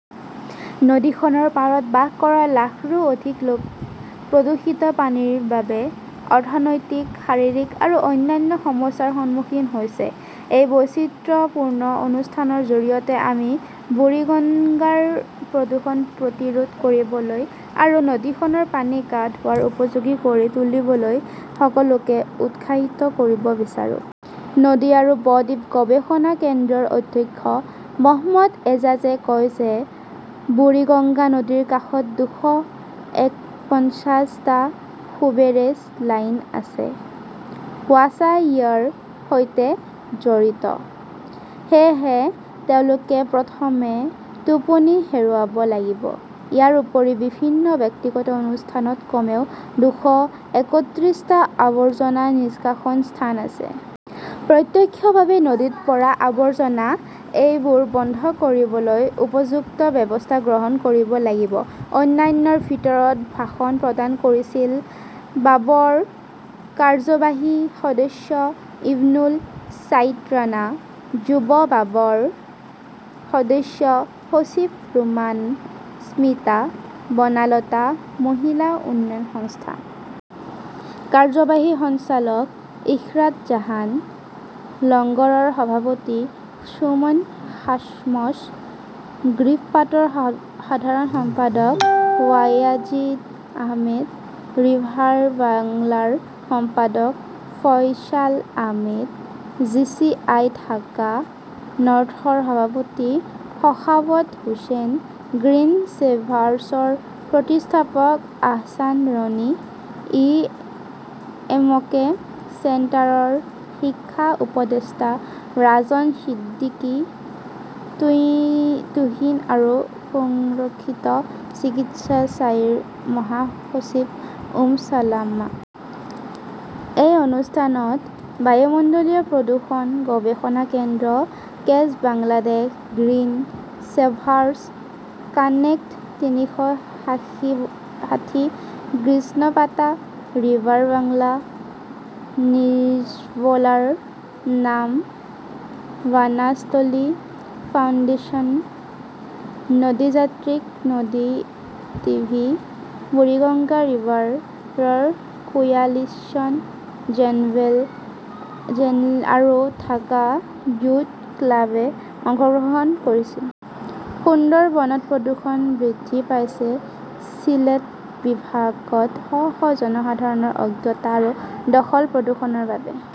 নদীখনৰ পাৰত বাস কৰা লাখৰো অধিক লোক প্ৰদূষিত পানীৰ বাবে অৰ্থনৈতিক, শাৰীৰিক আৰু অন্যান্য সমস্যাৰ সন্মুখীন হৈছে। এই বৈচিত্ৰপূৰ্ণ অনুষ্ঠানৰ জৰিয়তে আমি বুৰিগঙ্গাৰ প্ৰদূষণ প্ৰতিৰোধ কৰিবলৈ আৰু নদীখনৰ পানী গা ধোৱাৰ উপযোগী কৰি তুলিবলৈ সকলোকে উৎসাহিত কৰিব বিচাৰো। নদী আৰু ব-দ্বীপ গৱেষণা কেন্দ্ৰৰ অধ্যক্ষ মহম্মদ এজাজে কয় যে বুৰিগঙ্গা নদীৰ কাষত দুশ একপঞ্চাশ টা সুৱেৰেজ লাইন আছে। ৱাছা ইয়াৰ সৈতে জড়িত। সেয়েহে তেওঁলোকে প্ৰথমে টোপনি হেৰুৱাব লাগিব। ইয়াৰ উপৰিও বিভিন্ন ব্যক্তিগত অনুষ্ঠানত কমেও দুশ একত্ৰিশটা আৱৰ্জনা নিষ্কাশন স্থান আছে। প্ৰত্যক্ষভাৱে নদীত পৰা আৱৰ্জনা। এইবোৰ বন্ধ কৰিবলৈ উপযুক্ত ব্যৱস্থা গ্ৰহণ কৰিব লাগিব। অন্যান্যৰ ভিতৰত ভাষণ প্ৰদান কৰিছিল বাবৰ কাৰ্যবাহী সদস্য ইবনুল ছাইদ ৰাণা, যুৱ বাবৰ সদস্য সচিব ৰোমান স্মিতা, বনালতা মহিলা উন্নয়ন সংস্থাৰ কাৰ্যবাহী সঞ্চালক ইশৰাত জাহান, লংগৰৰ সভাপতি সুমন শাচমছ, গ্ৰীভপাটৰ সাধাৰণ সম্পাদক বায়াজিদ আহমেদ, ৰিভাৰ বাংলাৰ সম্পাদক ফয়ছাল আহমেদ, জিচিআই ঢাকা নৰ্থৰ সভাপতি শখাৱত হোসেন, গ্ৰীণ ছেভাৰ্ছৰ প্ৰতিষ্ঠাপক আহছান ৰনী, ইএমকে চেণ্টাৰৰ শিক্ষা উপদেষ্টা ৰাজন সিদ্দিকী টুইন টুহিন আৰু সুৰক্ষিত চিকিৎসা চাইৰ মহাসচিব উম ছালমা। এই অনুষ্ঠানত বায়ুমণ্ডলীয় প্ৰদূষণ গৱেষণা কেন্দ্ৰ, কেচ বাংলাদেশ, গ্ৰীণ ছেভাৰ্ছ, কানেক্ট তিনিশ ষাঠি ষাঠি গ্ৰীচনপাতা, ৰিভাৰ বাংলা, নিজ-ব 'লাৰ নাম one ষ্ট'লি foundation, Nadijatrik, Nadi TV, Buriganga ৰিভাৰৰ কোয়ালিশ্যন, জেনলেব আৰু ঢাকা য়ুথ ক্লাবে অংশগ্ৰহণ কৰিছিল। সুন্দৰবনত প্ৰদূষণ বৃদ্ধি পাইছে ছিলেট বিভাগত শ শ জনসাধাৰণৰ অজ্ঞতা আৰু দখল-প্ৰদূষণৰ বাবে